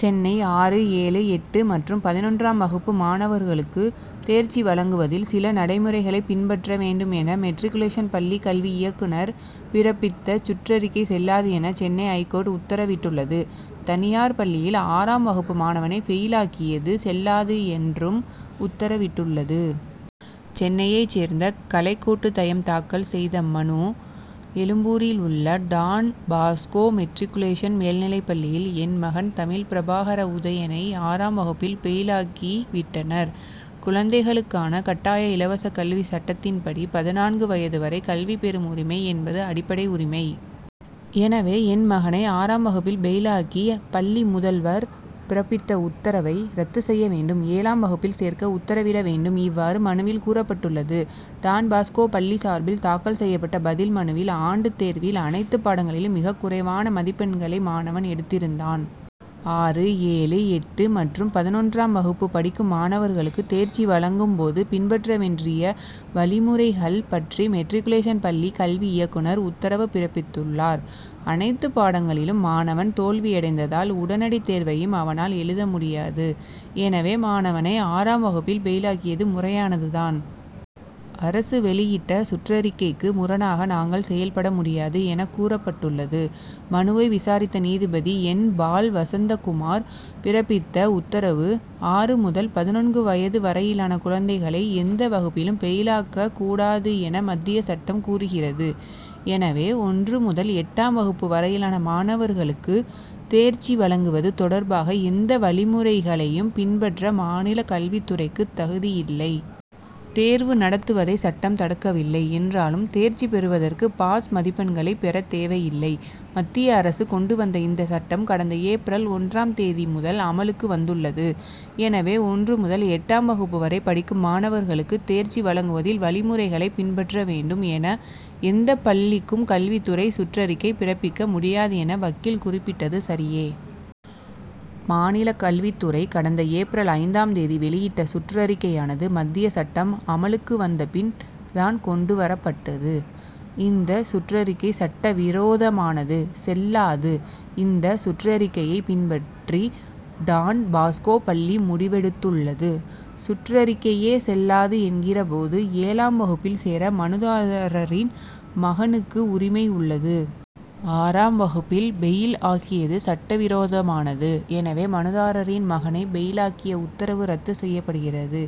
சென்னை ஆறு, ஏழு, எட்டு மற்றும் பதினொன்றாம் வகுப்பு மாணவர்களுக்கு தேர்ச்சி வழங்குவதில் சில நடைமுறைகளை பின்பற்ற வேண்டும் என, மெட்ரிகுலேஷன் பள்ளி கல்வி இயக்குனர் பிறப்பித்த சுற்றறிக்கை செல்லாது என, சென்னை ஐகோர்ட் உத்தரவிட்டுள்ளது. தனியார் பள்ளியில் ஆறாம் வகுப்பு மாணவனை பெயில் ஆக்கியது செல்லாது என்றும் உத்தரவிட்டுள்ளது. சென்னையைச் சேர்ந்த கலைக்கோட்டுதயம் தாக்கல் செய்த மனு: எழும்பூரில் உள்ள டான் பாஸ்கோ மெட்ரிகுலேஷன் மேல்நிலைப் பள்ளியில், என் மகன் தமிழ் பிரபாகர உதயனை ஆறாம் வகுப்பில், பெயில் ஆக்கி விட்டனர். குழந்தைகளுக்கான கட்டாய இலவச கல்விச் சட்டத்தின்படி, பதினான்கு வயது வரை கல்வி பெறும் உரிமை என்பது அடிப்படை உரிமை. எனவே, என் மகனை ஆறாம் வகுப்பில், பெயில் ஆக்கி, பள்ளி முதல்வர் பிறப்பித்த உத்தரவை ரத்து செய்ய வேண்டும். ஏழாம் வகுப்பில் சேர்க்க உத்தரவிட வேண்டும். இவ்வாறு மனுவில் கூறப்பட்டுள்ளது. டான் பாஸ்கோ பள்ளி சார்பில் தாக்கல் செய்யப்பட்ட பதில் மனுவில், ஆண்டு தேர்வில் அனைத்து பாடங்களிலும் மிகக் குறைவான மதிப்பெண்களை மாணவன் எடுத்திருந்தான். ஆறு, ஏழு, எட்டு மற்றும் பதினொன்றாம் வகுப்பு படிக்கும் மாணவர்களுக்கு தேர்ச்சி வழங்கும் போது, பின்பற்ற வேண்டிய வழிமுறைகள் பற்றி மெட்ரிகுலேஷன் பள்ளி கல்வி இயக்குனர் உத்தரவு பிறப்பித்துள்ளார். அனைத்து பாடங்களிலும் மாணவன் தோல்வியடைந்ததால், உடனடி தேர்வையும் அவனால் எழுத முடியாது. எனவே, மாணவனை ஆறாம் வகுப்பில் பெயிலாக்கியது முறையானது தான். அரசு வெளியிட்ட சுற்றறிக்கைக்கு முரணாக நாங்கள் செயல்பட முடியாது என கூறப்பட்டுள்ளது. மனுவை விசாரித்த நீதிபதி என். பால்வசந்தகுமார் பிறப்பித்த உத்தரவு: ஆறு முதல் பதினான்கு வயது வரையிலான குழந்தைகளை எந்த வகுப்பிலும், பெயில் ஆக்கக் கூடாது என மத்திய சட்டம் கூறுகிறது. எனவே, ஒன்று முதல் எட்டாம் வகுப்பு வரையிலான மாணவர்களுக்கு தேர்ச்சி வழங்குவது தொடர்பாக, எந்த வழிமுறைகளையும் பின்பற்ற மாநில கல்வித் துறைக்கு தகுதியில்லை. தேர்வு நடத்துவதை சட்டம் தடுக்கவில்லை என்றாலும், தேர்ச்சி பெறுவதற்கு, பாஸ் மதிப்பெண்களை பெற தேவையில்லை. மத்திய அரசு கொண்டு வந்த இந்தச் சட்டம், கடந்த ஏப்ரல் ஒன்றாம் தேதி முதல் அமலுக்கு வந்துள்ளது. எனவே, ஒன்று முதல் எட்டாம் வகுப்பு வரை படிக்கும் மாணவர்களுக்கு தேர்ச்சி வழங்குவதில், வழிமுறைகளை பின்பற்ற வேண்டும் என எந்த பள்ளிக்கும் கல்வித் துறை சுற்றறிக்கை பிறப்பிக்க முடியாது என வக்கீல் குறிப்பிட்டது சரியே. மாநில கல்வித்துறை கடந்த ஏப்ரல் ஐந்தாம் தேதி வெளியிட்ட சுற்றறிக்கையானது, மத்திய சட்டம் அமலுக்கு வந்த பின் தான் கொண்டு வரப்பட்டது. இந்தச் சுற்றறிக்கை சட்ட விரோதமானது, செல்லாது. இந்தச் சுற்றறிக்கையை பின்பற்றி, டான் பாஸ்கோ பள்ளி முடிவெடுத்துள்ளது. சுற்றறிக்கையே செல்லாது என்கிற போது, ஏழாம் வகுப்பில் சேர மனுதாரரின் மகனுக்கு உரிமை உள்ளது. ஆறாம் வகுப்பில் பெயில் ஆக்கியது சட்டவிரோதமானது. எனவே, மனுதாரரின் மகனை பெயில் ஆக்கிய உத்தரவு ரத்து செய்யப்படுகிறது.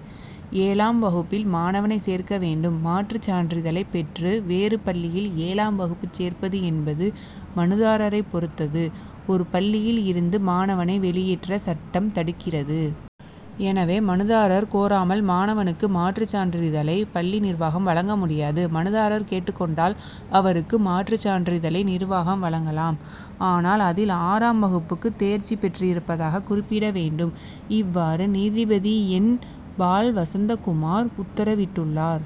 ஏழாம் வகுப்பில் மாணவனை சேர்க்க வேண்டும். மாற்றுச் சான்றிதழை பெற்று வேறு பள்ளியில் ஏழாம் வகுப்பு சேர்ப்பது என்பது மனுதாரரைப் பொறுத்தது. ஒரு பள்ளியில் இருந்து மாணவனை வெளியேற்ற சட்டம் தடுக்கிறது. எனவே, மனுதாரர் கோராமல், மாணவனுக்கு மாற்றுச் சான்றிதழை பள்ளி நிர்வாகம் வழங்க முடியாது. மனுதாரர் கேட்டுக் கொண்டால், அவருக்கு மாற்றுச் சான்றிதழை நிர்வாகம் வழங்கலாம். ஆனால், அதில் ஆறாம் வகுப்புக்கு தேர்ச்சி பெற்றிருப்பதாக குறிப்பிட வேண்டும். இவ்வாறு நீதிபதி என். பால்வசந்தகுமார் உத்தரவிட்டுள்ளார்.